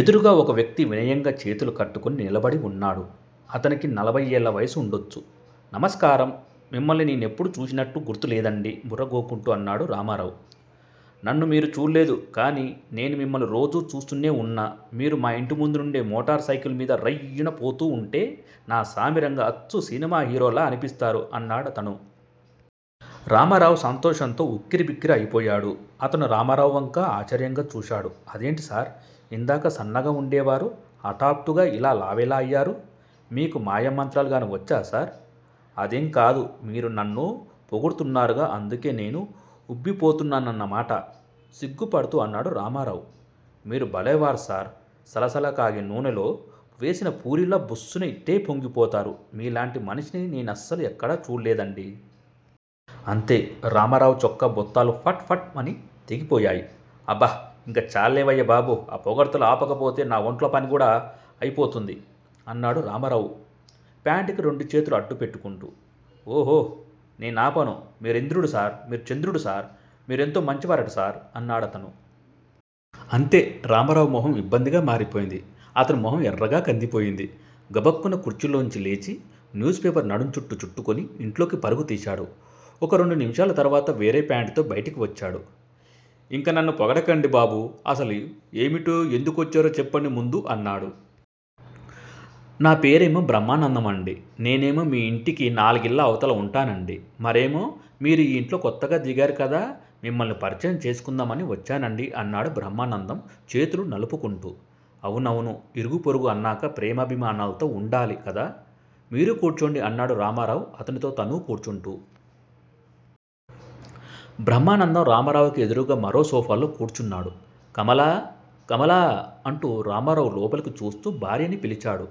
ఎదురుగా ఒక వ్యక్తి వినయంగా చేతులు కట్టుకుని నిలబడి ఉన్నాడు. అతనికి నలభై ఏళ్ల వయసు ఉండొచ్చు. నమస్కారం! మిమ్మల్ని నేను ఎప్పుడూ చూసినట్టు గుర్తులేదండీ బుర్ర గోక్కుంటూ అన్నాడు రామారావు. నన్ను మీరు చూళ్ళేదు కానీ నేను మిమ్మల్ని రోజూ చూస్తూనే ఉన్నా మీరు మాయింటి ముందునుండే మోటార్ సైకిల్ మీద రయ్యిన పోతూ ఉంటే నా సామిరంగా అచ్చు సినిమా హీరోలా అన్పిస్తారు అన్నాడతను. రామారావు సంతోషంతో ఉక్కిరిబిక్కిరి అయిపోయాడు. అతను రామారావు వంక ఆశ్చర్యంగా చూశాడు. అదేంటి సార్ ఇందాక మీరు సన్నగా ఉండేవారు హఠాత్తుగా ఇలా లావెలాఅయ్యారు? మీకు మాయమంత్రాలు గానీ వచ్చాసార్? అదేంకాదు మీరు నన్ను పొగుడ్తున్నరుగా అందుకే నేను ఉబ్బిపోతున్నానన్నమాట! సిగ్గుపద్తూ అన్నాడు రామారావు. మీరు భలేవారు సార్ సలసలా కాగే నూనెలో వేసిన పూరీలా బుస్సున ఇట్టే పొంగిపోతారు మీలాంటి మనిషిని నేనస్సలు ఎక్కడా చూళ్ళేదండీ. అంతే రామారావు చొక్కా బొత్తాలు ఫట్ ఫట్ మని తెగిపోయాయ్. అబ్బ ఇంక చాల్లేవయ్యా బాబూ ఆ పొగడ్తలు ఆపకపోతే నా వంట్లాంపని కూడా అయిపోతుంది అన్నాడు రామారావు ప్యాంటుకి రెండుచేతులూ అడ్డుపెట్టుకుంటూ. ఊహో నేనాపను మేరింద్రుడు సార్ మీరు చంద్రుడు సార్ మీరెంతో మంచివారట సార్ అన్నాడతను. అంతే రామారావు మొహం ఇబ్బందిగా మారిపోయింది. అతని మొహం ఎర్రగా కందిపోయింది. గబుక్కున కుర్చీలోంచి లేచి న్యూస్ పేపరు నడుంచుట్టు చుట్టుకుని ఇంట్లోకి పరుగు తీశాడు. ఒక రెండు నిముషాల తర్వాత వేరే ఫ్యాంటుతో బయటికి వచ్చాడు. ఇంక నన్ను పొగడకండి బాబూ అసలు ఏమిటో ఎందుకొచ్చారో చెప్పండి ముందు అన్నాడు. నా పేరేమో బ్రహ్మానందం అండీ నేనేమో మీ యింటికి నాలుగిళ్ళ అవతల ఉంటానండీ మరేమో మీరు ఈ యింట్లో కొత్తగా దిగారు కదా మిమ్మల్ని పరిచయం చేస్కుందామని వచ్చానండీ అన్నాడు బ్రహ్మానందం చేతులు నలుపుకుంటూ. అవునవును ఇరుగూ పొరుగూ అన్నాక ప్రేమాభిమానాల్తో ఉండాలి కదా! మీరు కూర్చోండి అన్నాడు రామారావు అతనితో తనూ కూర్చుంటూ. బ్రహ్మానందం రామారావుకి ఎదురుగా మరో సోఫాలో కూర్చున్నాడు. కమలా కమలా అంటూ రామారావు లోపలికి చూస్తూ భార్యని పిలిచాడు.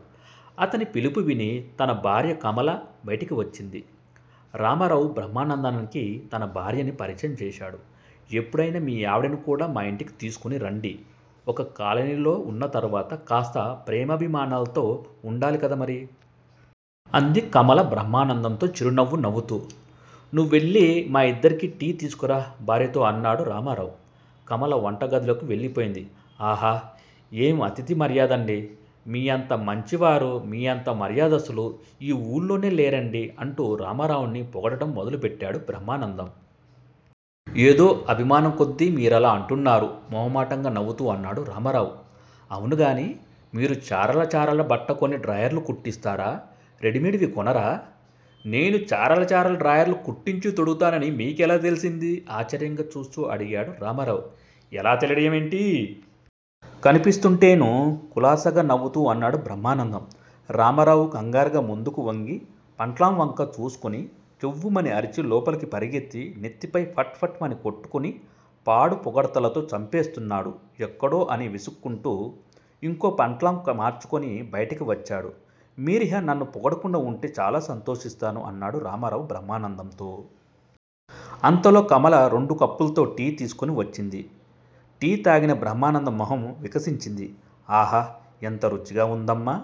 అతని పిలుపు విని తాని భార్య కమల బయటికి వచ్చింది. రామారావు బ్రహ్మానందానికి తన భార్యని పరిచయం చేశాడు. ఎప్పుడైనా మీ ఆవిడని కూడా మాయింటికి తీస్కుని రండి ఒక కాలనీలో ఉన్నతర్వత కాస్త ప్రేమాభిమానాల్తో ఉండాలి కదా మరి? అంది కమల బ్రహ్మానందంతో చిరునవ్వు నవ్వుతూ. నువ్వెళ్లి మా యిద్దరికీ టీ తీస్కురా భార్యతో అన్నాడు రామారావు. కమల వంటగదిలోకి వెళ్లిపోయింది. ఆహా ఏం అతిధి మర్యాదండీ మీ అంత మంచివారూ మీ అంత మర్యాదస్తులూ ఈ ఊళ్లోనే లేరండీ అంటూ రామారావుని పొగడడం మొదలుబెట్టాడు బ్రహ్మానందం. ఏదో అభిమానంకొద్దీ మీరలా అంటున్నారు మొహమాటంగా నవ్వుతూ అన్నాడు రామారావు. అవును గానీ మీరు చారల చారల బట్ట కొని డ్రాయర్లు కుట్టిస్తారా? రెడీమేడ్ వి కొనరా? ' నేను చారలచారల డ్రాయర్లు కుట్టించి తొడుగుతానని మీకెలా తెల్సింది? ఆశ్చర్యంగా చూస్తూ అడిగాడు రామారావు. ఎలా తెలియడం ఏంటి? కనిపిస్తుంటేనూ? కులాసాగా నవ్వుతూ అన్నాడు బ్రహ్మానందం. రామారావు కంగారుగా ముందుకు వంగి పంట్లాంవంక చూస్కుని కెవ్వుమని అరిచి లోపలికి పరిగెత్తి నెత్తిపై ఫట్ ఫట్ మని కొట్టుకుని పాడు పొగడ్తలతో చంపేస్తున్నాడు ఎక్కడో అని విసుక్కుంటూ ఇంకో పంట్లాం మార్చుకుని బయటికి వచ్చాడు. మీరిహ నన్ను పొగడకుండా ఉంటే చాలా సంతోషిస్తాను అన్నాడు రామారావు బ్రహ్మానందంతో. అంతలో కమల రెండు కప్పుల్తో టీ తీస్కుని వచ్చింది. టీ తాగిన బ్రహ్మానందం మొహం వికసించింది. ఆహా ఎంత రుచిగా ఉందమ్మా